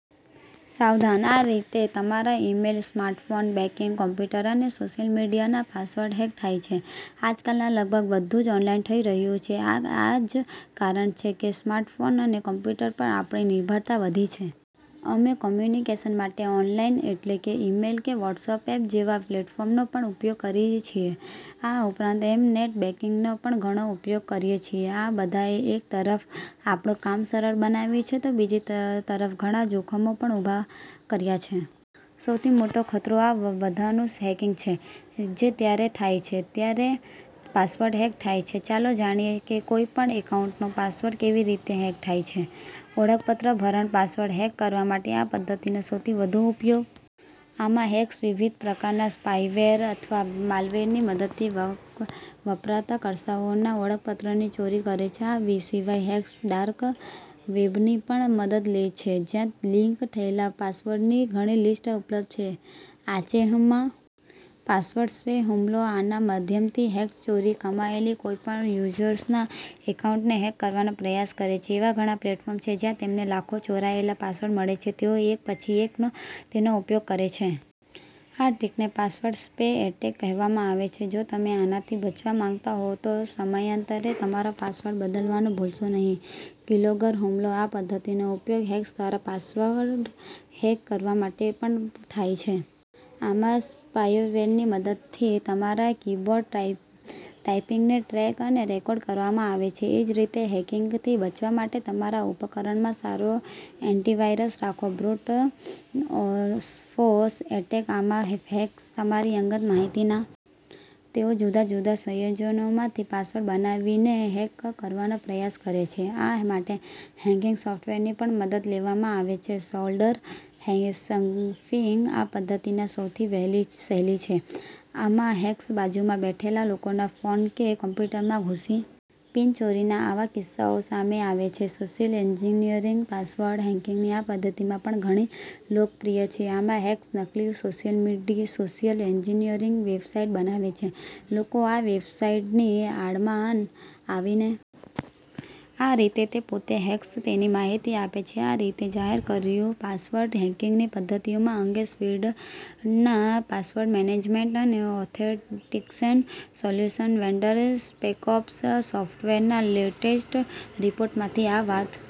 : સાવધાન! આ રીતે તમારા ઈમેલ, સ્માર્ટફોન, બેંકિંગ, કોમ્પ્યુટર અને સોશિયલ મીડિયાના પાસવર્ડ હેક થાય છે.: આજકાલ લગભગ બધું જ ઓનલાઈન થઈ રહ્યું છે. આ જ કારણ છે કે સ્માર્ટફોન અને કમ્પ્યુટર પર આપણી નિર્ભરતા વધી છે. અમે કોમ્યુનિકેશન માટે ઓનલાઈન એટલે કે ઈમેલ કે વોટ્સએપ જેવા પ્લેટફોર્મનો પણ ઉપયોગ કરીએ છીએ. આ ઉપરાંત, અમે નેટ બેંકિંગનો પણ ઘણો ઉપયોગ કરીએ છીએ. આ બધાએ એક તરફ આપણું કામ સરળ બનાવ્યું છે, તો બીજી તરફ ઘણા જોખમો પણ ઊભા કર્યા છે. સૌથી મોટો ખતરો આ બધાનું હેકિંગ છે, જે ત્યારે થાય છે જ્યારે પાસવર્ડ હેક થાય છે. ચાલો જાણીએ કે કોઈપણ એકાઉન્ટનો પાસવર્ડ કેવી રીતે હેક થાય છે. ઓળખપત્ર ભરણ: પાસવર્ડ હેક કરવા માટે આ પદ્ધતિનો સૌથી વધુ ઉપયોગ થાય છે. આમાં, હેકર્સ વિવિધ પ્રકારના સ્પાયવેર અથવા માલવેરની મદદથી વપરાશકર્તાઓના ઓળખપત્રની ચોરી કરે છે. આ સિવાય હેકર્સ ડાર્ક વેબની પણ મદદ લે છે, જ્યાં લીક થયેલા પાસવર્ડ્સની ઘણી લિસ્ટ ઉપલબ્ધ છે. આચેહમાં, સાયબર અપરાધીઓ ત્યાંથી પાસવર્ડ સાથે રેન્ડમલી પ્રયાસ કરતા રહે છે. પાસવર્ડ સ્પ્રે હુમલો: આના માધ્યમથી હેકર્સ ચોરી કરાયેલા કોઈપણ યુઝર્સના એકાઉન્ટને હેક કરવાનો પ્રયાસ કરે છે. એવા ઘણા પ્લેટફોર્મ છે જ્યાં તેમને લાખો ચોરાયેલા પાસવર્ડ મળે છે. તેઓ એક પછી એક તેનો ઉપયોગ કરે છે. આ ટ્રિકને પાસવર્ડ સ્પ્રે એટેક કહેવામાં આવે છે. જો તમે આનાથી બચવા માંગતા હો, તો સમયાંતરે તમારો પાસવર્ડ બદલવાનું ભૂલશો નહીં. કીલોગર હુમલો: આ પદ્ધતિનો ઉપયોગ હેકર્સ દ્વારા પાસવર્ડ હેક કરવા માટે પણ થાય છે. આમાં, સ્પાયવેરની મદદથી, તમારા કીબોર્ડ ટાઇપિંગને ટ્રેક અને રેકોર્ડ કરવામાં આવે છે. એ જ રીતે, હેકિંગથી બચવા માટે, તમારા ઉપકરણમાં સારો એન્ટીવાયરસ રાખો. બ્રુટ ફોર્સ એટેક: આમાં હેકર્સ તમારી અંગત માહિતીના આધારે પાસવર્ડનો અંદાજ લગાવે છે. તેઓ જુદા જુદા સંયોજનોમાંથી પાસવર્ડ બનાવીને હેક કરવાનો પ્રયાસ કરે છે. આ માટે હેકિંગ સોફ્ટવેરની પણ મદદ લેવામાં આવે છે. શોલ્ડર સર્ફિંગ: આ પદ્ધતિ સૌથી સહેલી છે. આમાં હેકર્સ બાજુમાં બેઠેલા લોકોના ફોન કે કોમ્પ્યુટરમાં ઘૂસીને વારંવાર પાસવર્ડ જુએ છે. પિન ચોરીના આવા કિસ્સાઓ સામે આવે છે. સોશિયલ એન્જિનિયરિંગ: પાસવર્ડ હેકિંગની આ પદ્ધતિ પણ ઘણી લોકપ્રિય છે. આમાં હેકર્સ નકલી સોશિયલ એન્જિનિયરિંગ વેબસાઇટ બનાવે છે. લોકો આ વેબસાઈટની આડમાં આવીને પોતાની ગોપનીય માહિતી અને પાસવર્ડ ત્યાં મૂકી દે છે. આ રીતે, તે પોતે હેકર્સને તેની માહિતી આપે છે. આ રીતે જાહેર કર્યુંપાસવર્ડ હેકિંગની પદ્ધતિઓ અંગે સ્વીડનના પાસવર્ડ મેનેજમેન્ટ અને ઓથેન્ટિકેશન સોલ્યુશન વેન્ડર સ્પેકોપ્સ સોફ્ટવેરના લેટેસ્ટ રિપોર્ટમાંથી આ વાત